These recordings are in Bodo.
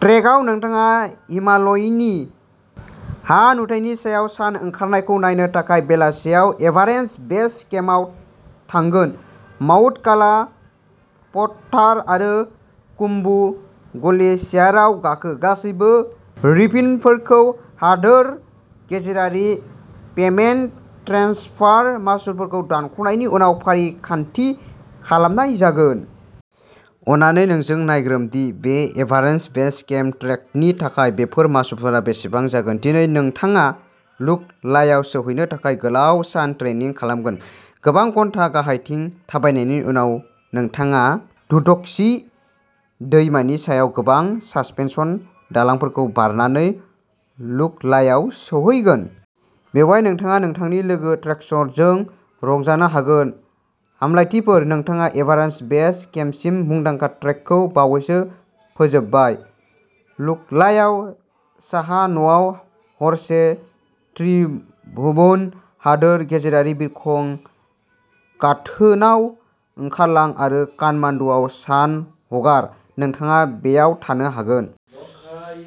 ट्रेकआव, नोंथाङा हिमालयनि हा-नुथायनि सायाव सान ओंखारनायखौ नायनो थाखाय बेलासियाव एभारेस्ट बेस केम्पआव थांगोन। माउन्ट काला पथ्थार आरो खुम्बु ग्लेशियारआव गाखो। गासैबो रिफन्डफोरखौ हादोर गेजेरारि पेमेन्ट ट्रेन्सफार मासुलफोरखौ दानख'नायनि उनाव फारिखान्थि खालामनाय जागोन। अन्नानै नोंजों नायग्रोम दि बे एभारेस्ट बेस केम्प ट्रेकनि थाखाय बेफोर मासुलफोरा बेसेबां जागोन। दिनै नोंथाङा लुकलायाव सौहैनो थाखाय गोलाव सान ट्रेकिं खालामगोन। गोबां घन्टा गाहायथिं थाबायनायनि उनाव, नोंथाङा दुधक'शि दैमानि सायाव गोबां सासपेनसन दालांफोरखौ बारनानै लुकलायाव सौहैगोन। बेवहाय, नोंथाङा नोंथांनि लोगो ट्रेकर्सजों रंजानो हागोन। हामलायथिफोर! नोंथाङा एभारेस्ट बेस केम्पसिम मुंदांखा ट्रेकखौ बावैसो फोजोबबाय। लुकलायाव साहा-न'आव हरसे। त्रिभुवन हादोर गेजेरारि बिरखं गाथोनाव ओंखारलां आरो काठमाण्डूआव सान हगार। नोंथाङा बेयाव थानो हागोन।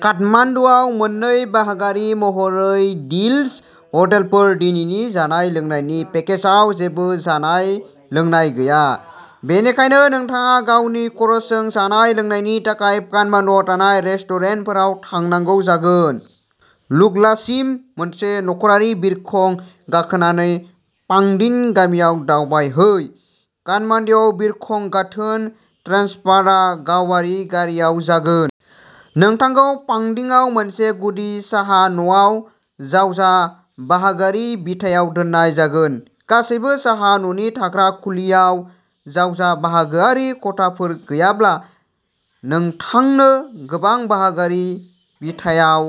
काठमाण्डुआव मोननै-बाहागोआरि महरै डीलक्स हटेलफोर। दिनैनि जानाय-लोंनायनि पेकेजआव जेबो जानाय-लोंनाय गैया, बेनिखायनो नोंथाङा गावनि खरसजों जानाय-लोंनायनि थाखाय काठमाण्डुआव थानाय रेस्टुरेन्टफोराव थांनांगौ जागोन। लुक्लासिम मोनसे नखरारि बिरखं गाखोनानै फाखदिं गामियाव दावबायहै। काठमाण्डुआव बिरखं गाथोन ट्रेन्सफारआ गावारि गारिआव जागोन। नोंथांखौ फाक्दिंआव मोनसे गुदि साहा-न'आव जावजा-बाहागोआरि बिथायाव दोननाय जागोन। गासैबो साहा-न'नि थाग्रा खुलियाव, जावजा-बाहागोआरि खथाफोर गैयाब्ला, नोंथांनो गोबां-बाहागोआरि बिथायाव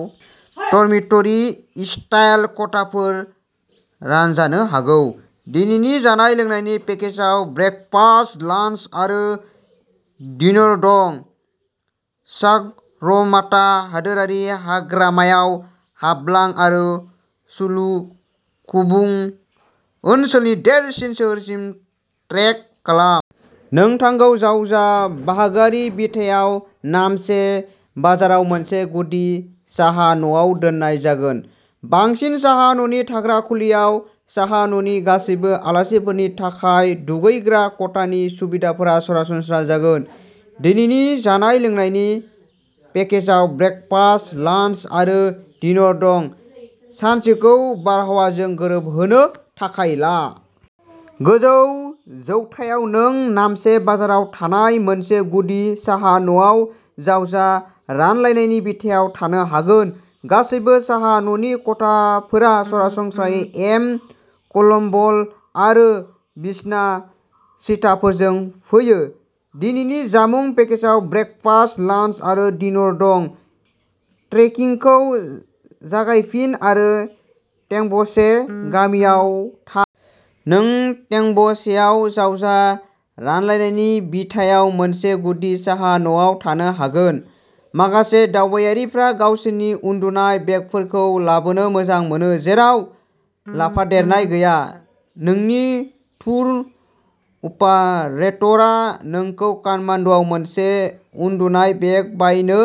डर्मिटरि-स्टाइल खथाफोर रानजानो हागौ। दिनैनि जानाय-लोंनायनि पेकेजाव ब्रेकफास्ट, लान्स आरो डिनर दं। सागरमाथा हादोरारि हाग्रामायाव हाबलां आरो सलुखुंबु ओनसोलनि देरसिन सोहोरसिम ट्रेक खालाम। नोंथांखौ जावजा-बाहागोआरि बिथायाव नामचे बाजाराव मोनसे गुदि साहा-न'आव दोननाय जागोन। बांसिन साहा-न'नि थाग्रा खुलियाव, साहा-न'नि गासिबो आलासिफोरनि थाखाय दुगैग्रा खथानि सुबिदाफोरा सरासनस्रा जागोन। दिनैनि जानाय-लोंनायनि पेकेजाव ब्रेकफास्ट, लान्स आरो डिनर दं। सानसेखौ बारहावाजों गोरोबहोनो थाखाय ला। गोजौ जौथायाव। नों नामचे बाजाराव थानाय मोनसे गुदि साहा-न'आव जावजा-रानलायनायनि बिथायाव थानो हागोन। गासैबो साहा-न'नि खथाफोरा सरासनस्रायै एम, कम्बल आरो बिसना-सिथाफोरजों फैयो। दिनैनि जामुं पेकेजआव ब्रेकफास्ट, लान्स आरो डिनर दं। ट्रेकिंखौ जागायफिन आरो टेंब'चे गामियाव थां। नों टेंब'चेआव जावजा-रानलायनायनि बिथायाव मोनसे गुदि साहा-न'आव थानो हागोन। माखासे दावबायारिफ्रा गावसोरनिनो उनदुनाय बेगफोरखौ लाबोनो मोजां मोनो। जेराव लाफादेरनाय गैया, नोंनि टुर अपारेटरआ नोंखौ काठमान्डूआव मोनसे उनदुनाय बेग बायनो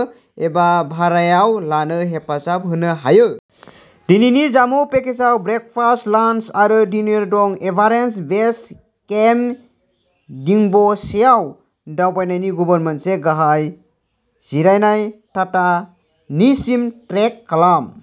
एबा भारायाव लानो हेफाजाब होनो हायो। दिनैनि जामुं पेकेजाव ब्रेकफास्ट, लान्स आरो डिनर दं। एभारेस्ट बेस केम्प, डिंब'चेआव दावबायनायनि गुबुन मोनसे, गाहाय जिरायनाय थाथानिसिम ट्रेक खालाम।